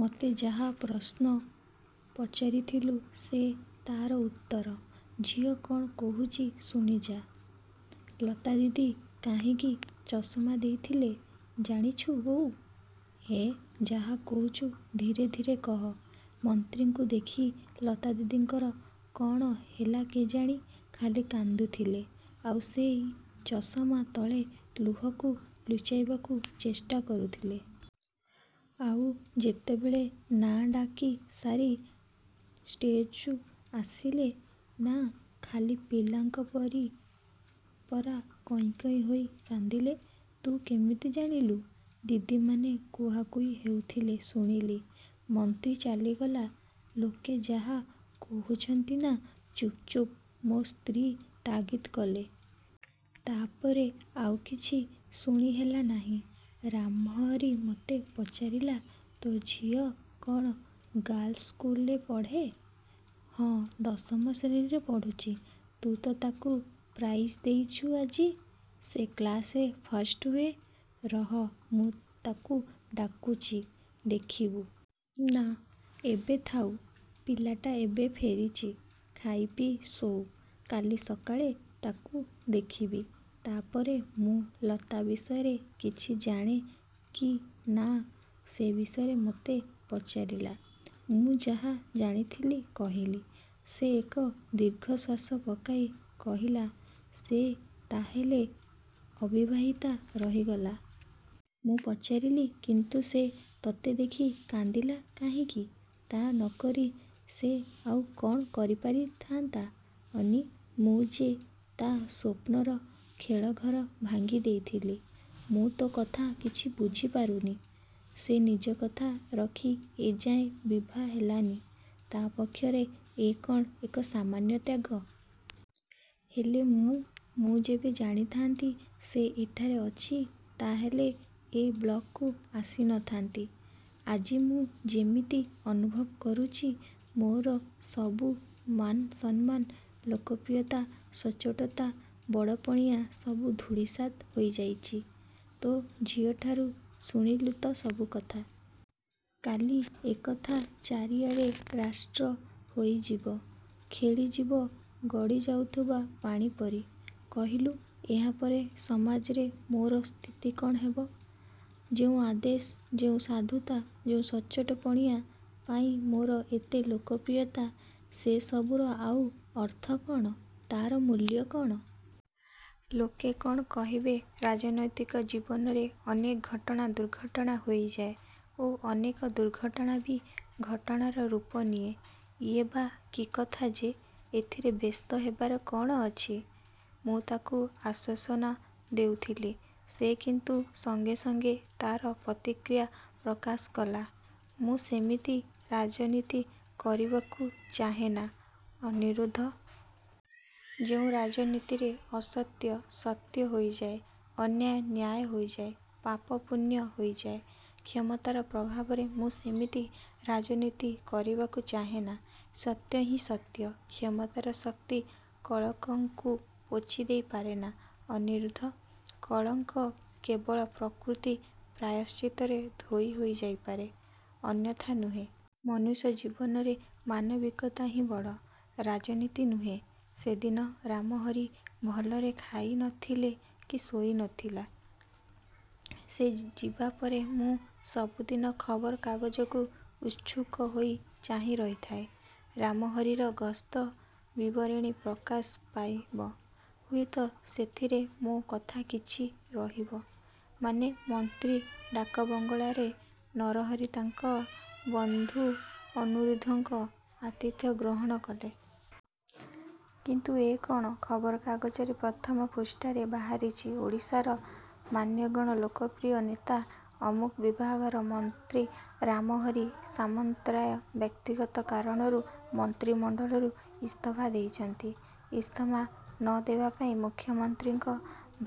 ମୋତେ ଯାହା ପ୍ରଶ୍ନ। ପଚାରିଥିଲୁ ସେ ତା'ର ଉତ୍ତର। ଝିଅ କ'ଣ କହୁଛି ଶୁଣିଯା-। ଲତାଦିଦି କାହିଁକି ଚଷମା ଦେଇଥିଲେ ଜାଣିଛୁ ବୋଉ? ଏଃ, ଯାହା କହୁଛୁ ଧୀରେ ଧୀରେ କହ। ମନ୍ତ୍ରୀଙ୍କୁ ଦେଖି ଲତାଦିଦିଙ୍କର କ'ଣ ହେଲା କେଜାଣି ଖାଲି କାନ୍ଦୁଥିଲେ; ଆଉ ସେଇ ଚଷମା ତଳେ ଲୁହକୁ ଲୁଚେଇବାକୁ ଚେଷ୍ଟା କରୁଥିଲେ। ଆଉ ଯେତେବେଳେ ନାଆଁ ଡାକି ସାରି ଷ୍ଟେଜ୍ରୁ ଆସିଲେ ନା ଖାଲି ପିଲାଙ୍କ ପରି ପରା କଇଁ କଇଁ ହୋଇ କାନ୍ଦିଲେ। ତୁ କେମିତି ଜାଣିଲୁ? ଦିଦିମାନେ କୁହାକୁହି ହେଉଥିଲେ ଶୁଣିଲି। ମନ୍ତ୍ରୀ ଚାଲିଗଲା ଲେକେ ଯାହା କହୁଛନ୍ତି ନା "ଚୁପ୍ ଚୁପ୍" ମୋ' ସ୍ତ୍ରୀ ତାଗିଦ୍ କଲେ। ତା'ପରେ ଆଉ କିଛି ଶୁଣି ହେଲା ନାହିଁ। ରାମହରି ମୋତେ ପଚାରିଲା-ତୋ ଝିଅ କ'ଣ ଗାର୍ଲସ ସ୍କୁଲରେ ପଢ଼େ? ହଁ, ଦଶମ ଶ୍ରେଣୀରେ ପଢ଼ୁଛି। ତୁ ତ ତାକୁ ପ୍ରାଇଜ୍ ଦେଇଛୁ ଆଜି। ସେ କ୍ଲାସରେ ଫାଷ୍ଟ ହୁଏ। ରହ, ମୁଁ ତାକୁ ଡାକୁଛି ଦେଖିବୁ। ନା, ଏବେ ଥାଉ। ପିଲଟା ଏବେ ଫେରିଛି। ଖାଇପିଇ ଶୋଉ। କାଲି ସକାଳେ ତାକୁ ଦେଖିବି। ତା'ପରେ ମୁଁ ଲତା ବିଷୟରେ କିଛି ଜାଣେ କି ନା ସେ ବିଷୟରେ ମୋତେ ପଚାରିଲା। ମୁଁ ଯାହା ଜାଣିଥିଲି କହିଲି। ସେ ଏକ ଦୀର୍ଘଶ୍ଵାସ ପକାଇ କହିଲା-ସେ ତା'ହେଲେ ଅବିବାହିତା ରହିଗଲା? ମୁଁ ପଚାରିଲି-କିନ୍ତୁ ସେ ତୋତେ ଦେଖି କାନ୍ଦିଲା କାହିଁକି? -ତା' ନକରି ସେ ଆଉ କ'ଣ କରିପାରିଥାନ୍ତା। ଅନି? ମୁଁ ଯେ ତା' ସ୍ଵପ୍ନର ଖେଳଘର ଭାଙ୍ଗି ଦେଇଥିଲି। ମୁଁ ତୋ' କଥା କିଛି ବୁଝିପାରୁନି। ସେ ନିଜକଥା ରଖି ଏ ଯାଏ ବିଭାହେଲାନି, ତା'ପକ୍ଷରେ ଏ କ'ଣ ଏକ ସାମାନ୍ୟ ତ୍ୟାଗ-? ହେଲେ ମୁଁ? ମୁଁ ଯେବେ ଜାଣିଥାନ୍ତି ସେ ଏଠାରେ ଅଛି ତା'ହେଲେ ଏ ବ୍ଲକକୁ ଆସି ନଥାନ୍ତି-। ଆଜି ମୁଁ ଯେମିତି ଅନୁଭବ କରୁଛୁ ମୋର ସବୁ ମାନ ସମ୍ମାନ, ଲୋକପ୍ରିୟତା, ସଚ୍ଚୋଟତା ବଡ଼ପଣିଆ ସବୁ ଧୂଳିସାତ୍ ହୋଇଯାଇଛି। ତୋ' ଝିଅଠାରୁ ଶୁଣିଲୁ ତ ସବୁ କଥା। କାଲି ଏ କଥା ଚାରିଆଡ଼େ ରାଷ୍ଟ୍ର ହୋଇଯିବ-ଖେଳିଯିବ ଗଡ଼ିଯାଉଥିବା ପାଣି ପରି। କହିଲୁ-ଏହାପରେ ସମାଜରେ ମୋର ସ୍ଥିତି କ'ଣ ହେବ? ଯେଉଁ ଆଦର୍ଶ, ଯେଉଁ ସାଧୁତା, ଯେଉଁ ସଚ୍ଚୋଟପଣିଆ ପାଇଁ ମୋର ଏତେ ଲୋକପ୍ରିୟତା ସେ ସବୁର ଆଉ ଅର୍ଥ କ'ଣ? ତା'ର ମୂଲ୍ୟ କ'ଣ? ଲୋକେ କ'ଣ କହିବେ? 'ରାଜନୈତିକ ଜୀବନରେ ଅନେକ ଘଟଣା ଦୁର୍ଘଟଣା ହୋଇଯାଏ ଓ ଅନେକ ଦୁର୍ଘଟଣା ବି ଘଟଣାର ରୂପ ନିଏ। ଇଏ ବା କି କଥା ଯେ ଏଥିରେ ବ୍ୟସ୍ତ ହେବାର କ'ଣ ଅଛି? -ମୁଁ ତାକୁ ଆଶ୍ଵାସନା ଦେଉଥିଲି। ସେ କିନ୍ତୁ ସଙ୍ଗେ ସଙ୍ଗେ ତା'ର ପ୍ରତିକ୍ରିୟା ପ୍ରକାଶ କଲା- 'ମୁଁ ସେମିତି ରାଜନୀତି କରିବାକୁ ଚାହେଁନା ଅନିରୁଦ୍ଧ। ଯେଉଁ ରାଜନୀତିରେ ଅସତ୍ୟ ସତ୍ୟ ହୋଇଯାଏ, ଅନ୍ୟାୟ ନ୍ୟାୟ ହୋଇଯାଏ, ପାପ ପୁଣ୍ୟ ହୋଇଯାଏ, କ୍ଷମତାର ପ୍ରଭାବରେ ମୁଁ ସେମିତି ରାଜନୀତି କରିବାକୁ ଚାହେଁନା। ସତ୍ୟ ହିଁ ସତ୍ୟ। କ୍ଷମତାର ଶକ୍ତି କଳଙ୍କକୁ ପୋଛି ଦେଇ ପାରେନା ଅନିରୁଦ୍ଧ, କଳଙ୍କ କେବଳ ପ୍ରକୃତି ପ୍ରାୟଶ୍ଚିତରେ ଧୋଇ ହୋଇ ଯାଇପାରେ, ଅନ୍ୟଥା ନୁହେଁ। ମନୁଷ୍ୟ ଜୀବନରେ ମାନବିକତା ହିଁ ବଡ଼-ରାଜନୀତି ନୁହେଁ। ସେଦିନ ରାମହରି ଭଲରେ ଖାଇ ନଥିଲା କି ଶୋଇ ନଥିଲା। ସେ ଯିବାପରେ ମୁଁ ସବୁଦିନ ଖବର କାଗଜକୁ ଉତ୍ସୁକ ହୋଇ ଚାହିଁ ରହିଥାଏ-ରାମହରିର ଗସ୍ତ ବିବରଣୀ ପ୍ରକାଶ ପାଇବ-ହୁଏତ ସେଥିରେ ମୋ' କଥା କିଛି ରହିବ, ମାନେ ମନ୍ତ୍ରୀ ଡାକବଙ୍ଗଳାରେ ନରହି ତାଙ୍କ ବନ୍ଧୁ ଅନିରୁଦ୍ଧଙ୍କ ଆତିଥ୍ୟ ଗ୍ରହଣ କଲେ। କିନ୍ତୁ ଏ କ'ଣ? ଖବର କାଗଜରେ ପ୍ରଥମ ପୃଷ୍ଠାରେ ବାହାରିଛି-"ଓଡ଼ିଶାର ମାନଗଣ୍ୟ ଲୋକପ୍ରିୟ ନେତା, ଅମୁକ ବିଭାଗର ମନ୍ତ୍ରୀ ରାମହରି ସାମନ୍ତରାୟ ବ୍ୟକ୍ତିଗତ କାରଣରୁ ମନ୍ତ୍ରୀମଣ୍ଡଳରୁ ଇସ୍ତଫା ଦେଇଛନ୍ତି। ଇସ୍ତଫା ନ ଦେବା ପାଇଁ ମୁଖ୍ୟମନ୍ତ୍ରୀଙ୍କ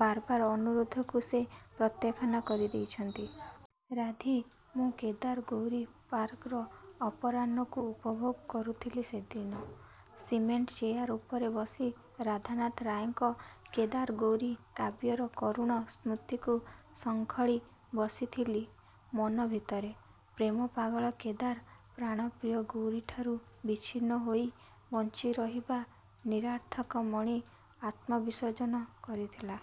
ବାର ବାର ଅନୁରୋଧକୁ ସେ ପ୍ରତ୍ୟାଖ୍ୟାନ କରି ଦେଇଛନ୍ତି। " ରାଧି ମୁଁ କେଦାର-ଗୌରୀ ପାର୍କର ଅପରାହ୍ନକୁ ଉପଭୋଗ କରୁଥିଲି ସେଦିନ। ସିମେଣ୍ଟ ଚେୟାର ଉପରେ ବସି ରାଧାନାଥ ରାୟଙ୍କ କେଦାର-ଗୌରୀ କାବ୍ୟର କରୁଣ ସ୍ମୃତିକୁ ଶଙ୍ଖୋଳି ବସିଥିଲି ମନ ଭିତରେ। ପ୍ରେମ ପାଗଳ କେଦାର ପ୍ରାଣପ୍ରିୟା ଗୌରୀଠାରୁ ବିଚ୍ଛିନ୍ନ ହୋଇ ବଞ୍ଚି ରହିବା ନିରର୍ଥକ ମଣି ଆତ୍ମବିସର୍ଜନ କରିଥିଲା।